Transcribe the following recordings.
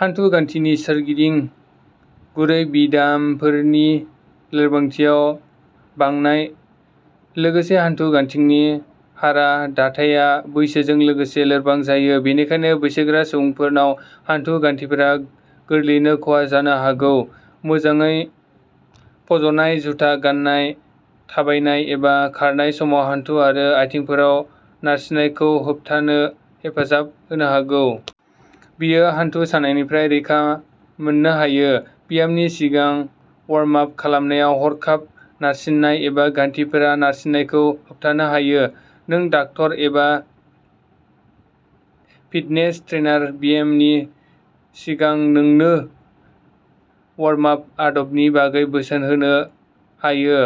हान्थु गान्थिनि सोरगिदिं गुरै बिदामफोरनि लोरबांथियाव बांनाय। लोगोसे, हान्थु गान्थिनि हारा दाथाया बैसोजों लोगोसे लोरबां जायो। बेनिखायनो, बैसोगोरा सुबुंफोरनाव हान्थु गान्थिफोरा गोरलैयैनो खहा जानो हागौ। मोजाङै फज'नाय जुथा गान्नाय थाबायनाय एबा खारनाय समाव हान्थु आरो आथिंफोराव नारसिननायखौ होबथानो हेफाजाब होनो हागौ। बेयो हान्थु सानायनिफ्राय रैखा मोननो हायो। ब्यामनि सिगां वार्म-आप खालामनाया हरखाब नारसिननाय एबा गान्थिफोरा नारसिननायखौ होबथानो हायो। नों डाक्टार एबा फिटनेस ट्रेइनार ब्यामनि सिगां नोंनो वार्म-आप आदबनि बागै बोसोन होनो हायो।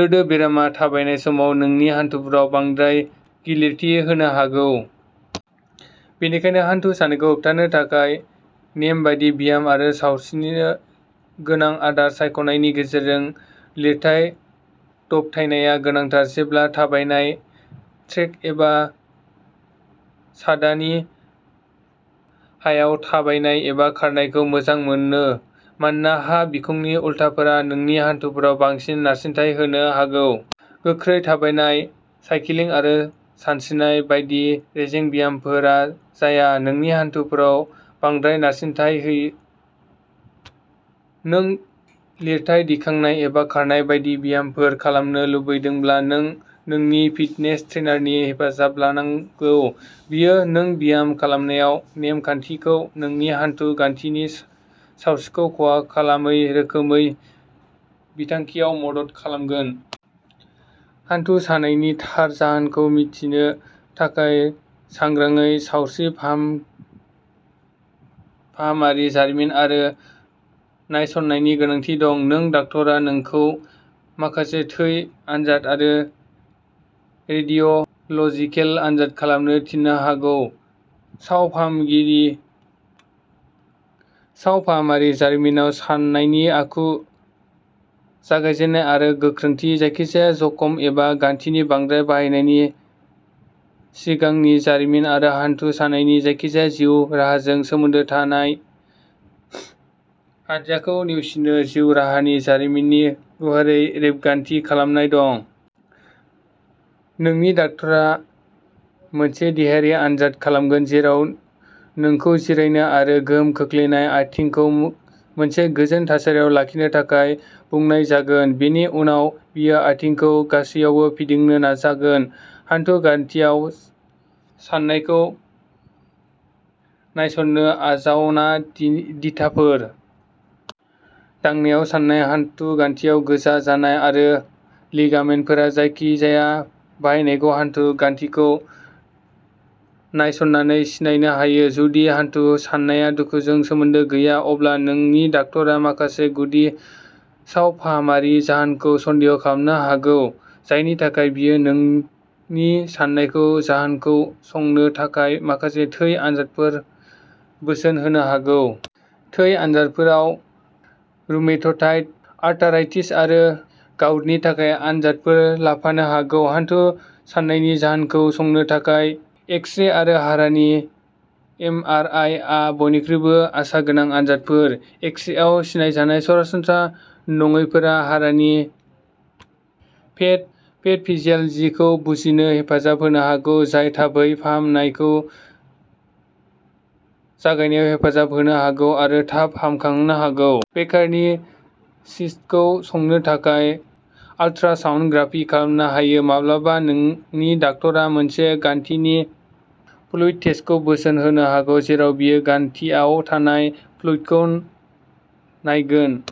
लोदोबेरामआ थाबायनाय समाव नोंनि हान्थुफोराव बांद्राय गिलिरथि होनो हागौ। बेनिखायनो, हान्थु सानायखौ होबथानो थाखाय नेमबादि ब्याम आरो सावस्रिनि सावस्रिगोनां आदार सायख'नायनि गेजेरजों लिरथाइ दबथायनाया गोनांथार। जेब्लाबो थाबायनाय ट्रेक एबा सादानि हायाव थाबायनाय एबा खारनायखौ मोजां मोनो मानोना हा बिखंनि उलथाफोरा नोंनि हान्थुफोराव बांसिन नारसिनथाय होनो हागौ। गोख्रै थाबायनाय, साइक्लिं आरो सानस्रिनाय बायदि रेजें ब्यामफोरा जाया। नोंनि हान्थुफोराव बांद्राय नारसिनथाय हो। नों लिरथाय दिखांनाय एबा खारनाय बायदि ब्यामफोर खालामनो लुबैदोंब्ला, नों नोंनि फिटनेस ट्रेइनारनि हेफाजाब लानांगौ। बियो नों ब्याम खालामनायाव नेम-खान्थिखौ नोंनि हान्थु गान्थिनि सावस्रिखौ खहा खालामै रोखोमै बिथांखियाव मदद खालामगोन। हान्थु सानायनि थार जाहोनखौ मिथिनो थाखाय, सांग्राङै सावस्रि फाहाम फाहामारि जारिमिन आरो नायसंनायनि गोनांथि दं। नों डाक्टारआ नोंखौ माखासे थै आनजाद आरो रेडिय'ल'जिकेल आनजाद खालामनो थिननो हागौ। सावफाहामगिरि सावफाहामारि जारिमिनाव साननायनि आखु, जागायजेन्नाय आरो गोख्रोंथि, जायखिजाया जखम एबा गान्थिनि बांद्राय बाहायनायनि सिगांनि जारिमिन आरो हान्थु सानायनि जायखिजाया जिउ राहाजों सोमोन्दो थानाय हानजाखौ नेवसिनो जिउ राहानि जारिमिननि गुवारै रेबगान्थि खालामनाय दं। नोंनि डाक्टारआ मोनसे देहायारि आनजाद खालामगोन जेराव नोंखौ जिरायनो आरो गोहोम खोख्लैनाय आथिंखौ मोनसे गोजोन थासारियाव लाखिनो थाखाय बुंनाय जागोन। बेनि उनाव बियो आथिंखौ गासैयावबो फिदिंनो नाजागोन। हानथु गान्थिआव साननायखौ नायसंनो आजावना दिथाफोर। दांनायाव सानाय, हानथु गान्थिआव गोजा जानाय, आरो लिगामेन्टफोरा जायखिजाया बायनायखौ हानथु गान्थिखौ नायसंनानै सिनायनो हायो। जुदि हानथु साननाया दुखुजों सोमोन्दो गैया, अब्ला नोंनि डाक्टरआ माखासे गुदि सावफाहामारि जाहोनखौ सन्देह' खालामनो हागौ, जायनि थाखाय बियो नोंनि साननायखौ जाहोनखौ संनो थाखाय माखासे थै आनजादफोर बोसोन होनो हागौ। थै आनजादफोराव रुमेटइड आर्थराइटिस आरो गाउटनि थाखाय आनजादफोर लाफानो हागौ। हानथु सानायनि जाहोनखौ संनो थाखाय एक्स-रे आरो हारानि एम आर आइ आ बयनिख्रुइबो आसागोनां आनजादफोर। एक्स-रेआव सिनायजानाय सरासनस्रा नङैफोरा हारानि पेथ पेथ फिजियालजिखौ बुजिनो हेफाजाब होनो हागौ, जाय थाबै फाहामनायखौ जागायनायाव हेफाजाब होनो हागौ आरो थाब हामखांहोनो हागौ। बेकारनि सिस्टखौ संनो थाखाय आल्ट्रासाउन'ग्राफि खालामनो हायो। माब्लाबा, नोंनि डाक्टरआ मोनसे गान्थिनि फ्लुइड टेस्टखौ बोसोन होनो हागौ जेराव बियो गान्थिआव थानाय फ्लुइड खौ नायगोन।